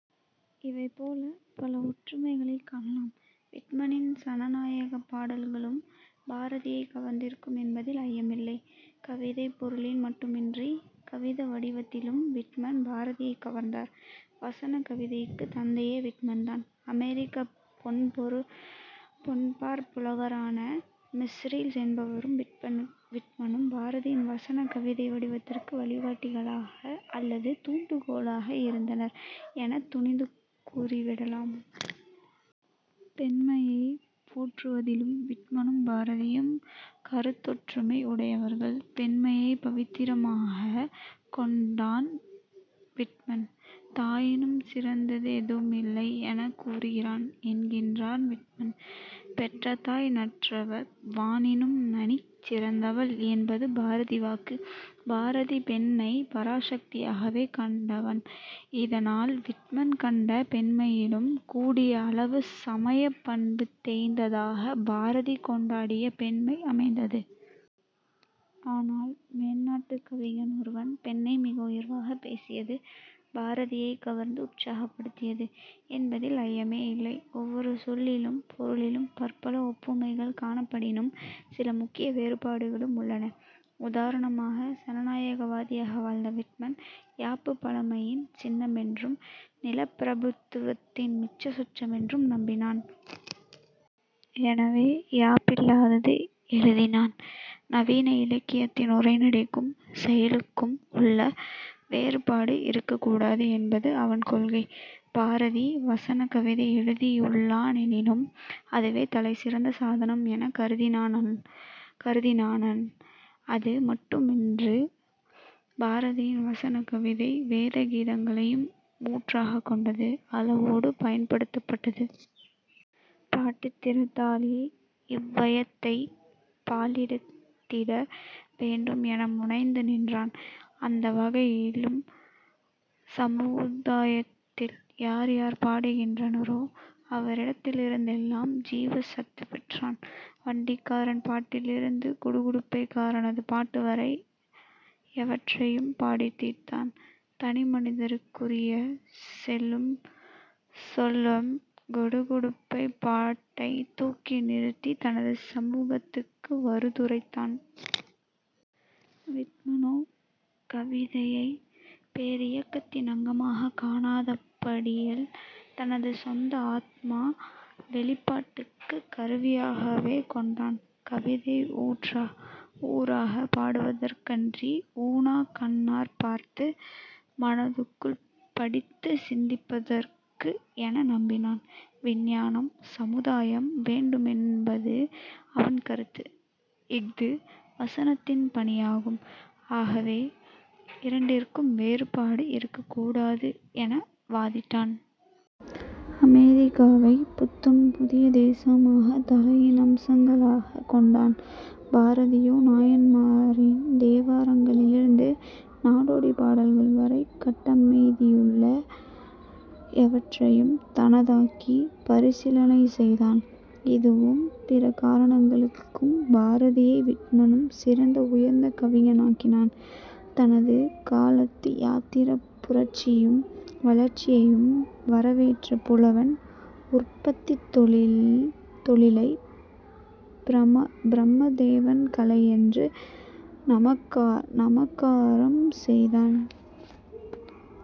இவைபோலப் பல ஒற்றுமைகளைக் காணலாம். விட்மனின் சனநாயகப் பாட்டுக்களும் பாரதியைக் கவர்ந்திருக்கும் என்பதில் ஐயமில்லை. கவிதைப் பொருளில் மட்டுமன்றி, கவிதா வடிவத்திலும் விட்மன் பாரதியைக் கவர்ந்தார். வசன கவிதைக்குத் தந்தையே விட்மன் தான். அமெரிக்கப் பெண்பாற் புலவரான மிஸ் ரீஸ் என்பாரும் விட்மனும் பாரதியின் வசன கவிதை வடிவத்திற்கு வழிகாட்டிகளாக அல்லது தூண்டுகோலாக இருந்தனர் எனத் துணிந்து கூறிவிடலாம். பெண்மையை போற்றுவதிலும் விட்மனும் பாரதியும் கருத்தொற்றுமை உடையவர்கள். பெண்மையைப் பவித்திரமாகக் கொண்டான் விட்மன். "தாயினுஞ் சிறந்ததெதுவுமில்லை எனக் கூறுகிறேன்" என்கிறான் விட்மன். "பெற்றதாய் நற்றவ வானினும் நனி சிறந்தவள்" என்பது பாரதி வாக்கு. பாரதி பெண்ணைப் பராசக்தியாகவே கண்டவன். இதனால் விட்மன் கண்ட பெண்மையிலும் கூடியளவு சமயப் பண்பு தோய்ந்ததாகப் பாரதி கொண்டாடிய பெண்மை அமைந்தது. ஆனால் மேனாட்டுக் கவிஞன் ஒருவன் பெண்ணை மிக உயர்வாகப் பேசியது பாரதியைக் கவர்ந்து உற்சாகப்படுத்தியது என்பதில் ஐயமேயில்லை. ஒவ்வொரு சொல்லிலும் பொருளிலும் பற்பல ஒப்புமைகள் காணப்படினும் சில முக்கிய வேறுபாடுகளும் உள்ளன. உதாரணமாக சனநாயகவாதியாக வாழ்ந்த விட்மன், யாப்பு பழமையின் சின்னமென்றும், நிலப்பிரபுத்துவத்தின் மிச்ச சொச்சமென்றும் நம்பினான். எனவே யாப்பில்லாது எழுதினான். நவீன இலக்கியத்தில் உரைநடைக்கும் செய்யுளுக்கு முள்ள வேறுபாடு இருக்கக்கூடாது என்பது அவன் கொள்கை. பாரதி 'வசன கவிதை' எழுதியுள்ளானெனினும் அதுவே தலை சிறந்த சாதனம் எனக் கருதினானல்லன். அது மட்டுமன்று பாரதியின் 'வசன கவிதை' வேத கீதங்களையும் ஊற்றாகக் கொண்டது. அளவோடு பயன்படுத்தப்பட்டது. "பாட்டுத் திறத்தாலே இவ்வையத்தைப் பாலித்திட வேண்டும்" என முனைந்து நின்றான். அந்த வகையில் சமுதாயத்தில் யார்யார் பாடுகின்றனரோ அவரிடத்திலிருந்தெல்லாம் ஜீவசத்துப் பெற்றான். வண்டிக்காரன் பாட்டிலிருந்து குடுகுடுப்பைக் காரனது பாட்டுவரை யாவற்றையும் பாடித்தீர்த்தான். தனி மனிதருக்குக் குறி சொல்லும் குடு குடுப்பைப் பாட்டைத் தூக்கி நிறுத்தித் தனது சமூகத்துக்கு வருவதுரைத்தான். விட்மனோ கவிதையைப் பேரியக்கத்தின் அங்கமாகக் காணாதபடியால், தனது சொந்த ஆத்ம வௌிப்பாட்டுக்குக் கருவியாகவே கொண்டான். கவிதை உரக்கப் பாடுவதற்கன்றி, ஊனக் கண்ணாற் பார்த்து மனத்துக்குள் படித்துச் சிந்திப்பதற்கு என நம்பினான். விஞ்ஞானம், சமுதாயம் வேண்டுமென்பது அவன் கருத்து. இஃது வசனத்தின் பணியாகும். ஆகவே, இரண்டிற்கும் வேறுபாடு இருக்கக்கூடாது என வாதிட்டான். அமெரிக்காவைப் புத்தம் புதிய தேசமாகத் தளையின் அம்சங்களாகக் கொண்டான். பாரதியோ நாயன்மாரின் தேவாரங்களிலிருந்து நாடோடிப் பாடல்கள் வரை கட்டமைதியுள்ள யாவற்றையும் தனதாக்கிப் பரிசீலனை செய்தான். இதுவும் பிற காரணங்களும் பாரதியை விட்மனிலும் சிறந்த-உயர்ந்த-கவிஞனாக்கின. நமது காலத்து யந்திரப் புரட்சியையும் வளர்ச்சியையும் வரவேற்ற புலவன் உற்பத்தித் தொழிலைப் பிரமதேவன் கலையென்று நாமகரணம் செய்தான்.